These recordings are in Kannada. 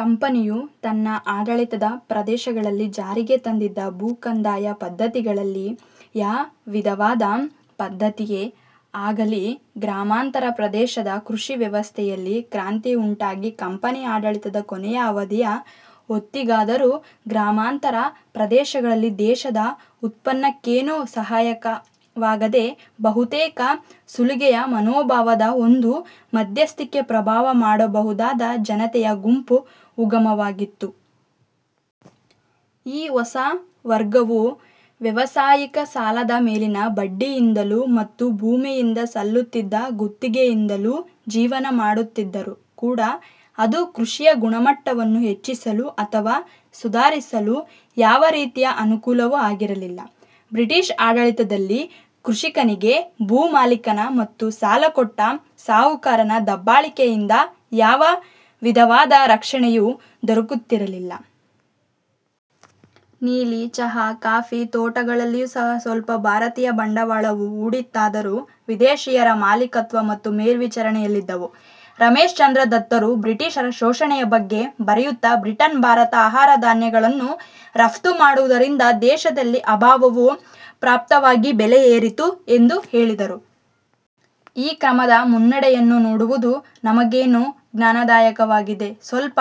ಕಂಪನಿಯು ತನ್ನ ಆಡಳಿತದ ಪ್ರದೇಶಗಳಲ್ಲಿ ಜಾರಿಗೆ ತಂದಿದ್ದ ಭೂ ಕಂದಾಯ ಪದ್ಧತಿಗಳಲ್ಲಿ ಯಾ ವಿಧವಾದ ಪದ್ಧತಿಯೇ ಆಗಲಿ ಗ್ರಾಮಾಂತರ ಪ್ರದೇಶದ ಕೃಷಿ ವ್ಯವಸ್ಥೆಯಲ್ಲಿ ಕ್ರಾಂತಿಯುಂಟಾಗಿ ಕಂಪನಿ ಆಡಳಿತದ ಕೊನೆಯ ಅವಧಿಯ ಹೊತ್ತಿಗಾದರೂ ಗ್ರಾಮಾಂತರ ಪ್ರದೇಶಗಳಲ್ಲಿ ದೇಶದ ಉತ್ಪನ್ನಕ್ಕೇನೂ ಸಹಾಯಕವಾಗದೆ ಬಹುತೇಕ ಸುಲಿಗೆಯ ಮನೋಭಾವದ ಒಂದು ಮಧ್ಯಸ್ಥಿಕೆ ಪ್ರಭಾವ ಮಡಬಹುದಾದ ಜನತೆಯ ಗುಂಪು ಉಗಮವಾಗಿತ್ತು. ಈ ಹೊಸ ವರ್ಗವು ವ್ಯವಸಾಯಿಕ ಸಾಲದ ಮೇಲಿನ ಬಡ್ಡಿಯಿಂದಲೂ ಮತ್ತು ಭೂಮಿಯಿಂದ ಸಲ್ಲುತ್ತಿದ್ದ ಗುತ್ತಿಗೆಯಿಂದಲೂ ಜೀವನ ಮಾಡುತ್ತಿದ್ದರೂ ಕೂಡ ಅದು ಕೃಷಿಯ ಗುಣಮಟ್ಟವನ್ನು ಹೆಚ್ಚಿಸಲು ಅಥವಾ ಸುಧಾರಿಸಲು ಯಾವ ರೀತಿಯ ಅನುಕೂಲವೂ ಆಗಿರಲಿಲ್ಲ. ಬ್ರಿಟಿಷ್ ಆಡಳಿತದಲ್ಲಿ ಕೃಷಿಕನಿಗೆ ಭೂ ಮಾಲೀಕನ ಮತ್ತು ಸಾಲ ಕೊಟ್ಟ ಸಾಹುಕಾರನ ದಬ್ಬಾಳಿಕೆಯಿಂದ ಯಾವ ವಿಧವಾದ ರಕ್ಷಣೆಯೂ ದೊರಕುತ್ತಿರಲಿಲ್ಲ. ನೀಲಿ, ಚಹ, ಕಾಫಿ ತೋಟಗಳಲ್ಲಿಯೂ ಸಹ ಸ್ವಲ್ಪ ಭಾರತೀಯ ಬಂಡವಾಳವು ಹೂಡಿತ್ತಾದರೂ ವಿದೇಶೀಯರ ಮಾಲೀಕತ್ವ ಮತ್ತು ಮೇಲ್ವಿಚಾರಣೆಯಲ್ಲಿದ್ದವು. ರಮೇಶ್ ಚಂದ್ರ ದತ್ತರು ಬ್ರಿಟಿಷರ ಶೋಷಣೆಯ ಬಗ್ಗೆ ಬರೆಯುತ್ತ ಬ್ರಿಟನ್ ಭಾರತದ ಆಹಾರ ಧಾನ್ಯಗಳನ್ನು ರಫ್ತು ಮಾಡುವುದರಿಂದ ದೇಶದಲ್ಲಿ ಅಭಾವವು ಪ್ರಾಪ್ತವಾಗಿ ಬೆಲೆ ಏರಿತು ಎಂದು ಹೇಳಿದರು. ಈ ಕ್ರಮದ ಮುನ್ನಡೆಯನ್ನು ನೋಡುವುದು ನಮಗೇನು ಜ್ಞಾನದಾಯಕವಾಗದೆ, ಸ್ವಲ್ಪ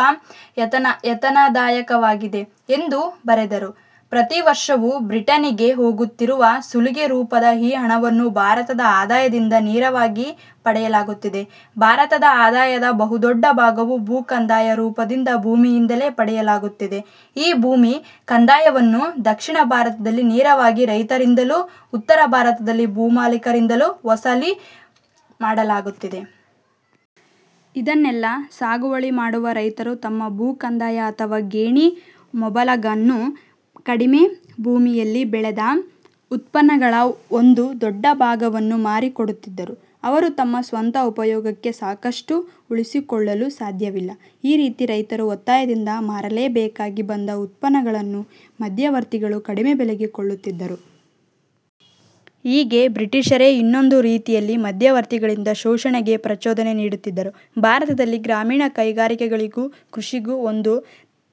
ಯಾತನದಾಯಕವಾಗಿದೆ ಎಂದು ಬರೆದರು. ಪ್ರತಿವರ್ಷವೂ ಬ್ರಿಟನ್ನಿಗೆ ಹೋಗುತ್ತಿರುವ ಸುಲಿಗೆ ರೂಪದ ಈ ಹಣವನ್ನು ಭಾರತದ ಆದಾಯದಿಂದ ನೇರವಾಗಿ ಪಡೆಯಲಾಗುತ್ತಿದೆ. ಭಾರತದ ಆದಾಯದ ಬಹುದೊಡ್ಡ ಭಾಗವು ಭೂಕಂದಾಯ ರೂಪದಿಂದ ಭೂಮಿಯಿಂದಲೇ ಪಡೆಯಲಾಗುತ್ತಿದೆ. ಈ ಭೂ ಕಂದಾಯವನ್ನು ದಕ್ಷಿಣ ಭಾರತದಲ್ಲಿ ನೇರವಾಗಿ ರೈತರಿಂದಲೂ, ಉತ್ತರ ಭಾರತದಲ್ಲಿ ಭೂಮಾಲೀಕರಿಂದಲೂ ವಸೂಲಿ ಮಾಡಲಾಗುತ್ತಿದೆ. ಇದನ್ನೆಲ್ಲ ಸಾಗುವಳಿ ಮಾಡುವ ರೈತರು ತಮ್ಮ ಭೂಕಂದಾಯ ಅಥವಾ ಗೇಣಿ ಮೊಬಲಗನ್ನು ಕಡಿಮೆ ಭೂಮಿಯಲ್ಲಿ ಬೆಳೆದ ಉತ್ಪನ್ನಗಳ ಒಂದು ಡೊಡ್ಡ ಭಾಗವನ್ನು ಮಾರಿ ಕೊಡುತ್ತಿದ್ದರು. ಅವರು ತಮ್ಮ ಸ್ವಂತ ಉಪಯೋಗಕ್ಕೆ ಸಾಕಷ್ಟನ್ನು ಉಳಿಸಿಕೊಳ್ಳಲು ಸಾಧ್ಯವಿಲ್ಲ. ಈ ರೀತಿ ರೈತರು ಒತ್ತಾಯದಿಂದ ಮಾರಲೇಬೇಕಾಗಿ ಬಂದ ಉತ್ಪನ್ನಗಳನ್ನು ಮಧ್ಯವರ್ತಿಗಳು ಕಡಿಮೆ ಬೆಲೆಗೆ ಕೊಳ್ಳುತ್ತಿದ್ದರು. ಹೀಗೆ ಬ್ರಿಟಿಷರೇ ಇನ್ನೊಂದು ರೀತಿಯಲ್ಲಿ ಮಧ್ಯವರ್ತಿಗಳಿಂದ ಶೋಷಣೆಗೆ ಪ್ರಚೋದನೆ ನೀಡುತ್ತಿದ್ದರು. ಭಾರತದಲ್ಲಿ ಗ್ರಾಮೀಣ ಕೈಗಾರಿಕೆಳಿಗೂ ಕೃಷಿಗೂ ಒಂದು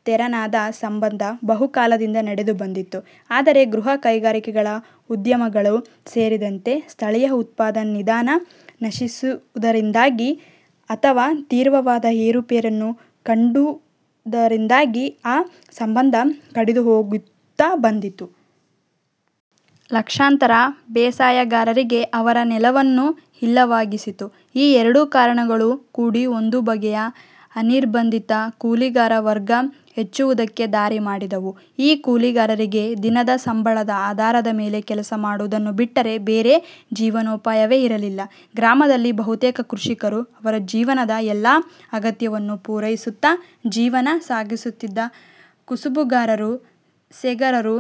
ತೆರನಾದ ಸಂಬಂಧ ಬಹುಕಾಲದಿಂದ ನಡೆದು ಬಂದಿತ್ತು. ಆದರೆ ಗೃಹ ಕೈಗಾರಿಕೆಗಳ ಉದ್ಯಮಗಳು ಸೇರಿದಂತೆ ಸ್ಥಳೀಯ ಉತ್ಪಾದನಾ ವಿಧಾನ ನಶಿಸಿದುದರಿಂದಾಗಿ ಅಥವಾ ತೀವ್ರವಾದ ಏರುಪೇರನ್ನು ಕಂಡುದರಿಂದಾಗಿ ಆ ಸಂಬಂಧ ಕಡಿದು ಹೋಗುತ್ತ ಬಂದಿತು. ಲಕ್ಷಾಂತರ ಬೇಸಾಯಗಾರರಿಗೆ ಅವರ ನೆಲವನ್ನು ಇಲ್ಲವಾಗಿಸಿತ್ತು. ಈ ಎರಡು ಕಾರಣಗಳೂ ಕೂಡಿ ಒಂದು ಬಗೆಯ ಅನಿರ್ಬಂಧಿತ ಕೂಲಿಗಾರ ವರ್ಗ ಹೆಚ್ಚುವುದಕ್ಕೆ ದಾರಿ ಮಾಡಿದವು. ಈ ಕೂಲಿಗಾರರಿಗೆ ದಿನದ ಸಂಬಳದ ಆಧಾರದ ಮೇಲೆ ಕೆಲಸ ಮಾಡುವುದನ್ನು ಬಿಟ್ಟರೆ ಬೇರೆ ಜೀವನೋಪಾಯವೇ ಇರಲಿಲ್ಲ. ಗ್ರಾಮದಲ್ಲಿ ಬಹುತೇಕ ಕೃಷಿಕರು ಅವರ ಜೀವನದ ಎಲ್ಲ ಅಗತ್ಯವನ್ನು ಪೂರೈಸುತ್ತ ಜೀವನ ಸಾಗಿಸುತ್ತಿದ್ದ ಕಸುಬುಗಾರರು, ಸೇಗಾರರು,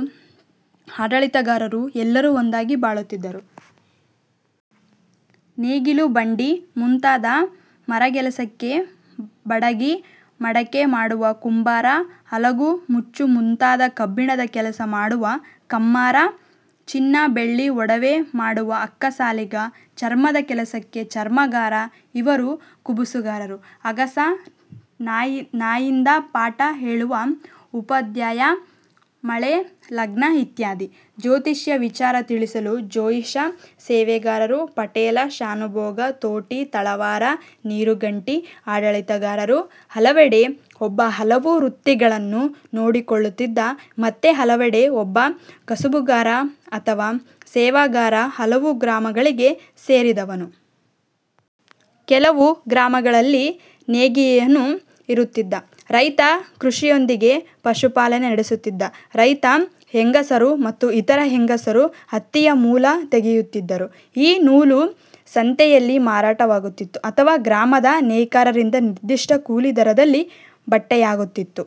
ಆಡಳಿತಗಾರರು ಎಲ್ಲರೂ ಒಂದಾಗಿ ಬಾಳುತ್ತಿದ್ದರು. ನೇಗಿಲು, ಬಂಡಿ ಮುಂತಾದ ಮರಗೆಲಸಕ್ಕೆ ಬಡಗಿ, ಮಡಕೆ ಮಾಡುವ ಕುಂಬಾರ, ಅಲಗು ಮಚ್ಚು ಮುಂತಾದ ಕಬ್ಬಿಣದ ಕೆಲಸ ಮಾಡುವ ಕಮ್ಮಾರ, ಚಿನ್ನ, ಬೆಳ್ಳಿ ಒಡವೆ ಮಾಡುವ ಅಕ್ಕಸಾಲಿಗ, ಚರ್ಮದ ಕೆಲಸಕ್ಕೆ ಚರ್ಮಗಾರ ಇವರು ಕಸುಬುಗಾರರು. ಅಗಸ, ನಾಯಿಂದ, ಪಾಠ ಹೇಳುವ ಉಪಾಧ್ಯಾಯ, ಮಳೆ ಲಗ್ನ ಇತ್ಯಾದಿ ಜ್ಯೋತಿಷ್ಯ ವಿಚಾರ ತಿಳಿಸಲು ಜೋಯಿಸ ಸೇವೆಗಾರರು, ಪಟೇಲ, ಶ್ಯಾನುಭೋಗ, ತೋಟಿ, ತಳವಾರ, ನೀರುಗಂಟಿ ಆಡಳಿತಗಾರರು, ಹಲವೆಡೆ ಒಬ್ಬ ಹಲವು ವೃತ್ತಿಗಳನ್ನು ನೋಡಿಕೊಳ್ಳುತ್ತಿದ್ದ, ಮತ್ತೆ ಹಲವೆಡೆ ಒಬ್ಬ ಕಸಬುಗಾರ ಅಥವಾ ಸೇವೆಗಾರ ಹಲವು ಗ್ರಾಮಗಳಿಗೆ ಸೇರಿದವನು. ಕೆಲವು ಗ್ರಾಮಗಳಲ್ಲಿ ನೇಯ್ಗೆಯನೂ ಇರುತ್ತಿದ್ದ. ರೈತ ಕೃಷಿಯೊಂದಿಗೆ ಪಶುಪಾಲನೆ ನಡೆಸುತ್ತಿದ್ದ. ರೈತ ಹೆಂಗಸರು ಮತ್ತು ಇತರ ಹೆಂಗಸರು ಹತ್ತಿಯ ಮೂಲು ತೆಗೆಯುತ್ತಿದ್ದರು. ಈ ನೂಲು ಸಂತೆಯಲ್ಲಿ ಮಾರಾಟವಾಗುತ್ತಿತ್ತು ಅಥವಾ ಗ್ರಾಮದ ನೇಕಾರರಿಂದ ನಿರ್ದಿಷ್ಟ ಕೂಲಿ ದರದಲ್ಲಿ ಬಟ್ಟೆಯಾಗುತ್ತಿತ್ತು.